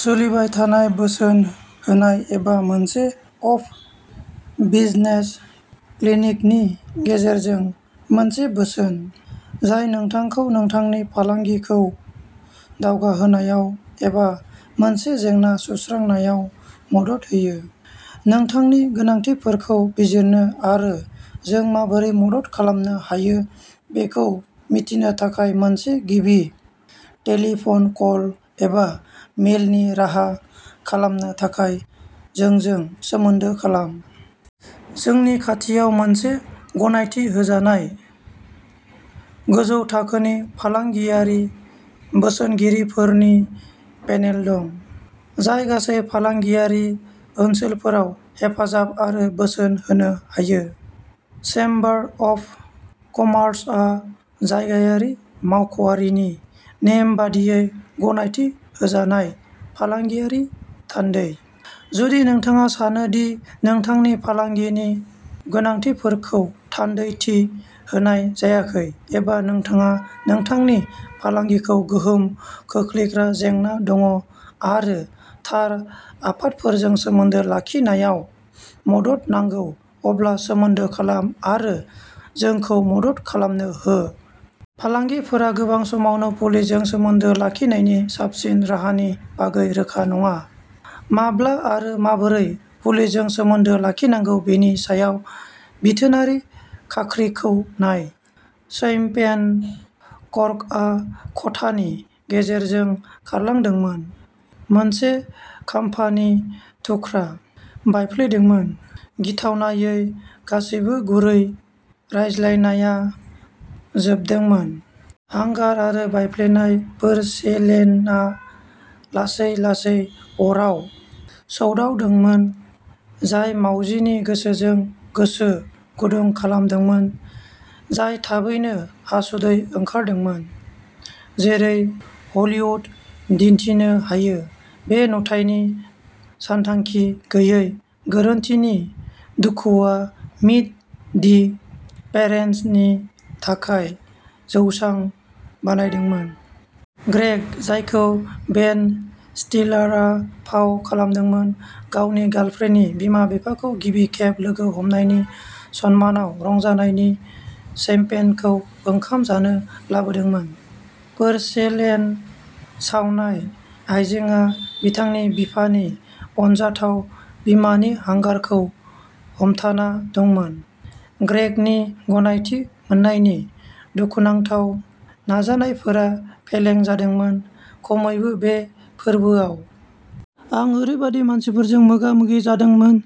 सोलिबाय थानाय बोसोन होनाय एबा मोनसे अफ बिजनेस क्लिनिकनि गेजेरजों मोनसे बोसोन, जाय नोंथांखौ नोंथांनि फालांगिखौ दावगाहोनायाव एबा मोनसे जेंना सुस्रांनायाव मदद होयो। नोंथांनि गोनांथिफोरखौ बिजिरनो आरो जों माबोरै मदद खालामनो हायो बेखौ मिथिनो थाखाय मोनसे गिबि टेलीफन कल एबा मेलनि राहा खालामनो थाखाय जोंजों सोमोन्दो खालाम। जोंनि खाथियाव मोनसे गनायथि होजानाय, गोजौ थाखोनि फालांगियारि बोसोनगिरिफोरनि पेनेल दं, जाय गासै फालांगियारि ओनसोलफोराव हेफाजाब आरो बोसोन होनो हायो। चेम्बार अफ कमार्सआ जायगायारि मावख'आरिनि नेम बायदियै गनायथि होजानाय फालांगियारि थान्दै। जुदि नोंथाङा सानो दि नोंथांनि फालांगिनि गोनांथिफोरखौ थान्दैथि होनाय जायाखै एबा नोंथाङा नोंथांनि फालांगिखौ गोहोम खोख्लैग्रा जेंना दङ' आरो थार आफादफोरजों सोमोन्दो लाखिनायाव मदद नांगौ, अब्ला सोमोन्दो खालाम आरो जोंखौ मदद खालामनो हो। फालांगिफोरा गोबां समावनो पुलिसजों सोमोन्दो लाखिनायनि साबसिन राहानि बागै रोखा नङा। 'माब्ला' आरो 'माबोरै' पुलिसजों सोमोन्दो लाखिनांगौ बेनि सायाव बिथोनारि खाख्रिखौ नाय। शैम्पेन कर्कआ खथानि गेजेरजों खारलांदोंमोन, मोनसे खामफानि थुख्रा बायफ्लेदोंमोन। गिथावनायै, गासैबो गुरै रायज्लायनाया जोबदोंमोन। हांगार आरो बायफ्लेनाय पोरसिलेनआ लासै लासै अराव सौदावदोंमोन, जाय मावजिनि गोसोजों गोसो गुदुं खालामदोंमोन, जाय थाबैनो हासुदै ओंखारदोंमोन। जेरै हलिउदल' दिन्थिनो हायो, बे नुथायनि सानथांखि गैयै गोरोन्थिनि दुखुआ मीट दि पेरेन्ट्सनि थाखाय जौसां बानायदोंमोन। ग्रेग, जायखौ बेन स्टिलारआ फाव खालामदोंमोन, गावनि गार्लफ्रेन्डनि बिमा-बिफाखौ गिबि खेब लोगो हमनायनि सन्मानाव रंजानायनि शैम्पेनखौ ओंखाम जानो लाबोदोंमोन। पोरसिलेन सावनाय आयजेंआ बिथांनि बिफानि अनजाथाव बिमानि हांगारखौ हमथाना दंमोन। ग्रेगनि गनायथि मोन्नायनि दुखुनांथाव नाजानायफोरा फेलें जादोंमोन खमैबो बे फोरबोआव। आं ओरैबायदि मानसिफोरजों मोगामोगि जादोंमोन,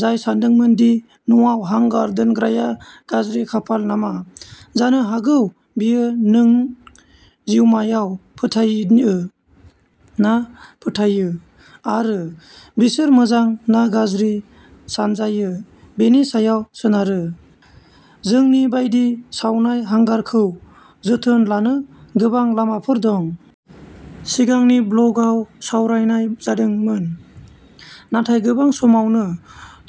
जाय सानदोंमोन दि न'आव हांगार दोननाया गाज्रि खाफाल नामा। जानो हागौ बेयो नों जिउमायाव फोथायो ना फोथायो, आरो बिसोर मोजां ना गाज्रि सानजायो बेनि सायाव सोनारो। जोंनि बायदि सावनाय हांगारखौ जोथोन लानो गोबां लामाफोर दं। सिगांनि ब्लगआव सावरायनाय जादोंमोन। नाथाय गोबां समावनो,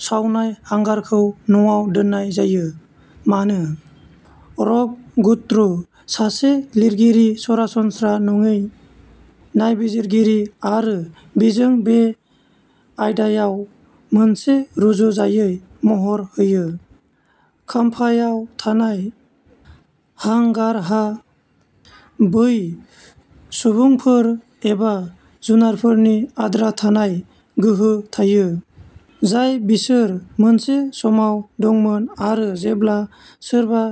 सावनाय हांगारखौ न'आव दोननाय जायो। मानो? रब गुट्रो, सासे लिरगिरि, सरासनस्रा नङै नायबिजिरगिरि आरो बिजों, बे आयदायाव मोनसे रुजुजायै महर होयो। खामफायाव थानाय हांगारहा बै सुबुंफोर एबा जुनारफोरनि आद्रा थानाय गोहो थायो, जाय बिसोर मोनसे समाव दंमोन आरो जेब्ला सोरबा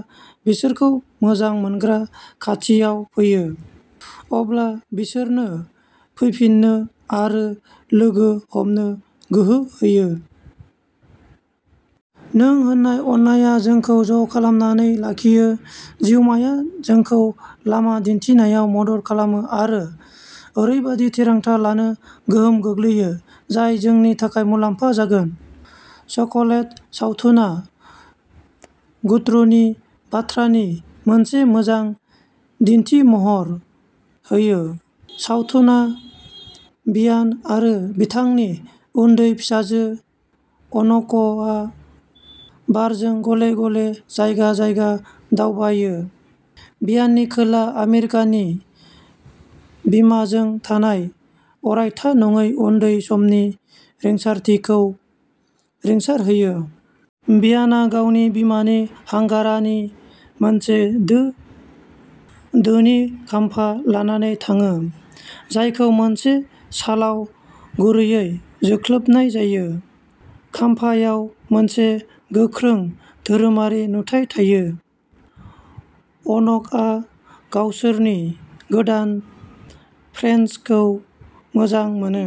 बिसोरखौ मोजां मोनग्रा खाथियाव फैयो, अब्ला बिसोरनो फैफिननो आरो लोगो हमनो गोहो होयो। नों होनाय अननाया नोंखौ ज' खालामनानै लाखियो। जिउमाया जोंखौ लामा दिन्थिनायाव मदद खालामो आरो ओरैबायदि थिरांथा लानो गोहोम खोख्लैयो, जाय जोंनि थाखाय मुलाम्फा जागोन। चक'लेट सावथुना गुट्रोनि बाथ्रानि मोनसे मोजां दिन्थिमहर होयो। सावथुना भियान आरो बिथांनि उन्दै फिसाजो अन'कआ बारजों गले-गले जायगा-जायगा दावबायो, भियाननि खोला आमेरिकानि बिमाजों थानाय अरायथा नङै उन्दै समनि रिंसारथिखौ रिंसारहोयो। भियानआ गावनि बिमानि हांगारानि मोनसे दो दोनि खामफा लानानै थाङो, जायखौ मोनसे शालाव गुरैयै जोख्लोबनाय जायो। खामफायाव मोनसे गोख्रों धोरोमारि नुथाइ थायो। अन'कआ गावसोरनि गोदान फ्रेन्सखौ मोजां मोनो।